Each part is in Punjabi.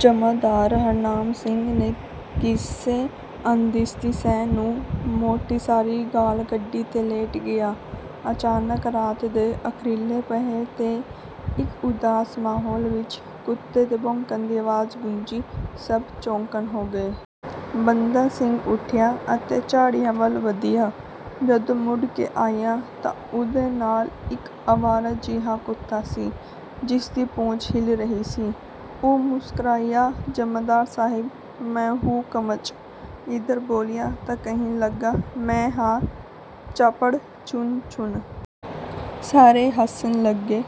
ਜਮਾਂਦਾਰ ਹਰਨਾਮ ਸਿੰਘ ਨੇ ਕਿਸੇ ਅਣਦਿਸਦੀ ਸ਼ੈਅ ਨੂੰ ਮੋਟੀ ਸਾਰੀ ਗਾਲ੍ਹ ਕੱਢੀ ਤੇ ਲੇਟ ਗਿਆ। ਅਚਾਨਕ ਰਾਤ ਦੇ ਅਖੀਰਲੇ ਪਹਿਰ ਦੇ ਇਕ ਉਦਾਸ ਮਾਹੌਲ ਵਿਚ ਕੁੱਤੇ ਦੇ ਭੌਂਕਣ ਦੀ ਆਵਾਜ਼ ਗੂੰਜੀ। ਸਭ ਚੌਕੰਨ ਹੋ ਗਏ। ਬੰਤਾ ਸਿੰਘ ਉਠਿਆ ਅਤੇ ਝਾੜੀਆਂ ਵੱਲ ਵਧਿਆ। ਜਦੋਂ ਮੁੜ ਕੇ ਆਇਆ ਤਾਂ ਉਹਦੇ ਨਾਲ ਇਕ ਅਵਾਰਾ ਜਿਹਾ ਕੁੱਤਾ ਸੀ, ਜਿਸਦੀ ਪੂਛ ਹਿੱਲ ਰਹੀ ਸੀ। ਉਹ ਮੁਸਕਰਾਇਆ, "ਜਮਾਂਦਾਰ ਸਾਹਿਬ! ਮੈਂ 'ਹੂ ਕਮਜ਼ ਇਧਰ' ਬੋਲਿਆ ਤਾਂ ਕਹਿਣ ਲੱਗਾ, ਮੈਂ ਹਾਂ ਚਪੜਝੁਣਝੁਣ।" ਸਾਰੇ ਹੱਸਣ ਲੱਗੇ।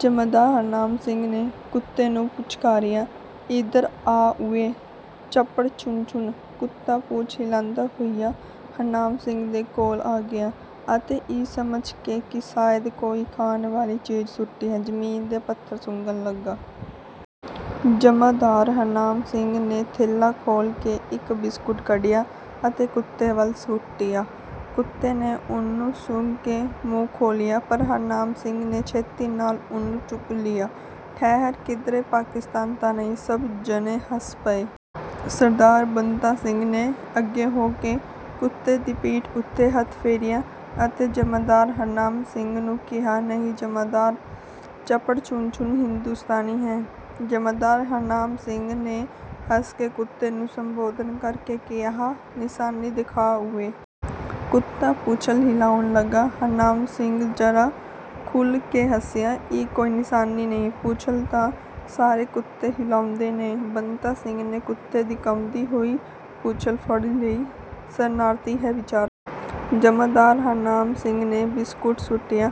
ਜਮਾਂਦਾਰ ਹਰਨਾਮ ਸਿੰਘ ਨੇ ਕੁੱਤੇ ਨੂੰ ਪੁਚਕਾਰਿਆ, "ਇਧਰ ਆ ਓਏ ਚਪੜਝੁਣਝੁਣ।" ਕੁੱਤਾ ਪੂਛ ਹਿਲਾਂਦਾ ਹੋਇਆ ਹਰਨਾਮ ਸਿੰਘ ਦੇ ਕੋਲ ਆ ਗਿਆ ਅਤੇ ਇਹ ਸਮਝ ਕੇ ਕਿ ਸ਼ਾਇਦ ਕੋਈ ਖਾਣ ਵਾਲੀ ਚੀਜ਼ ਸੁੱਟੀ ਹੈ, ਜ਼ਮੀਨ ਦੇ ਪੱਥਰ ਸੁੰਘਣ ਲੱਗਾ। ਜਮਾਂਦਾਰ ਹਰਨਾਮ ਸਿੰਘ ਨੇ ਥੈਲਾ ਖੋਲ੍ਹ ਕੇ ਇਕ ਬਿਸਕੁਟ ਕੱਢਿਆ ਅਤੇ ਕੁੱਤੇ ਵੱਲ ਸੁੱਟਿਆ। ਕੁੱਤੇ ਨੇ ਉਹਨੂੰ ਸੁੰਘ ਕੇ ਮੂੰਹ ਖੋਲ੍ਹਿਆ, ਪਰ ਹਰਨਾਮ ਸਿੰਘ ਨੇ ਛੇਤੀ ਨਾਲ ਉਹਨੂੰ ਚੁੱਕ ਲਿਆ। ਠਹਿਰ, ਕਿਧਰੇ ਪਾਕਿਸਤਾਨੀ ਤਾਂ ਨਹੀਂ, ਸਭ ਜਣੇ ਹੱਸ ਪਏ। ਸਰਦਾਰ ਬੰਤਾ ਸਿੰਘ ਨੇ ਅੱਗੇ ਹੋ ਕੇ ਕੁੱਤੇ ਦੀ ਪਿੱਠ ਉਤੇ ਹੱਥ ਫੇਰਿਆ ਅਤੇ ਜਮਾਂਦਾਰ ਹਰਨਾਮ ਸਿੰਘ ਨੂੰ ਕਿਹਾ, "ਨਹੀਂ ਜਮਾਂਦਾਰ, ਚਪੜਝੁਣਝੁਣ ਹਿੰਦੋਸਤਾਨੀ ਹੈ।" ਜਮਾਂਦਾਰ ਹਰਨਾਮ ਸਿੰਘ ਨੇ ਹੱਸ ਕੇ ਕੁੱਤੇ ਨੂੰ ਸੰਬੋਧਨ ਕਰ ਕੇ ਕਿਹਾ, "ਨਿਸ਼ਾਨੀ ਦਿਖਾ ਓਏ?" ਕੁੱਤਾ ਪੂਛਲ ਹਿਲਾਉਣ ਲੱਗਾ। ਹਰਨਾਮ ਸਿੰਘ ਜ਼ਰਾ ਖੁੱਲ੍ਹ ਕੇ ਹੱਸਿਆ। "ਇਹ ਕੋਈ ਨਿਸ਼ਾਨੀ ਨਹੀਂ, ਪੂਛਲ ਤਾਂ ਸਾਰੇ ਕੁੱਤੇ ਹਿਲਾਉਂਦੇ ਨੇ।" ਬੰਤਾ ਸਿੰਘ ਨੇ ਕੁੱਤੇ ਦੀ ਕੰਬਦੀ ਹੋਈ ਪੂਛਲ ਫੜ ਲਈ। "ਸ਼ਰਨਾਰਥੀ ਹੈ ਵਿਚਾਰਾ!" ਜਮਾਂਦਾਰ ਹਰਨਾਮ ਸਿੰਘ ਨੇ ਬਿਸਕੁਟ ਸੁੱਟਿਆ,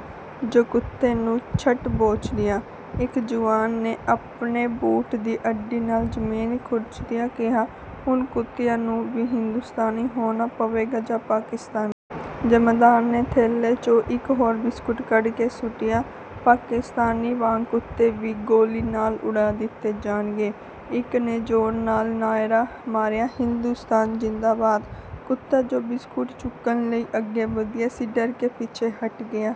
ਜੋ ਕੁੱਤੇ ਨੂੰ ਝੱਟ ਬੋਚ ਲਿਆ। ਇਕ ਜੁਆਨ ਨੇ ਆਪਣੇ ਬੂਟ ਦੀ ਅੱਡੀ ਨਾਲ ਜ਼ਮੀਨ ਖੁਰਚਦਿਆਂ ਕਿਹਾ, "ਹੁਣ ਕੁੱਤਿਆਂ ਨੂੰ ਵੀ ਜਾਂ ਹਿੰਦੋਸਤਾਨੀ ਹੋਣਾ ਪਵੇਗਾ ਜਾਂ ਪਾਕਿਸਤਾਨੀ!" ਜਮਾਂਦਾਰ ਨੇ ਥੈਲੇ ਚੋਂ ਇਕ ਹੋਰ ਬਿਸਕੁਟ ਕੱਢ ਕੇ ਸੁੱਟਿਆ, "ਪਾਕਿਸਤਾਨੀ ਵਾਂਗ ਕੁੱਤੇ ਵੀ ਗੋਲੀ ਨਾਲ ਉਡਾ ਦਿੱਤੇ ਜਾਣਗੇ।" ਇਕ ਨੇ ਜ਼ੋਰ ਨਾਲ ਨਾਅਰਾ ਮਾਰਿਆ, "ਹਿੰਦੋਸਤਾਨ ਜ਼ਿੰਦਾਬਾਦ।" ਕੁੱਤਾ ਜੋ ਬਿਸਕੁਟ ਚੁੱਕਣ ਲਈ ਅੱਗੇ ਵਧਿਆ ਸੀ, ਡਰ ਕੇ ਪਿੱਛੇ ਹਟ ਗਿਆ।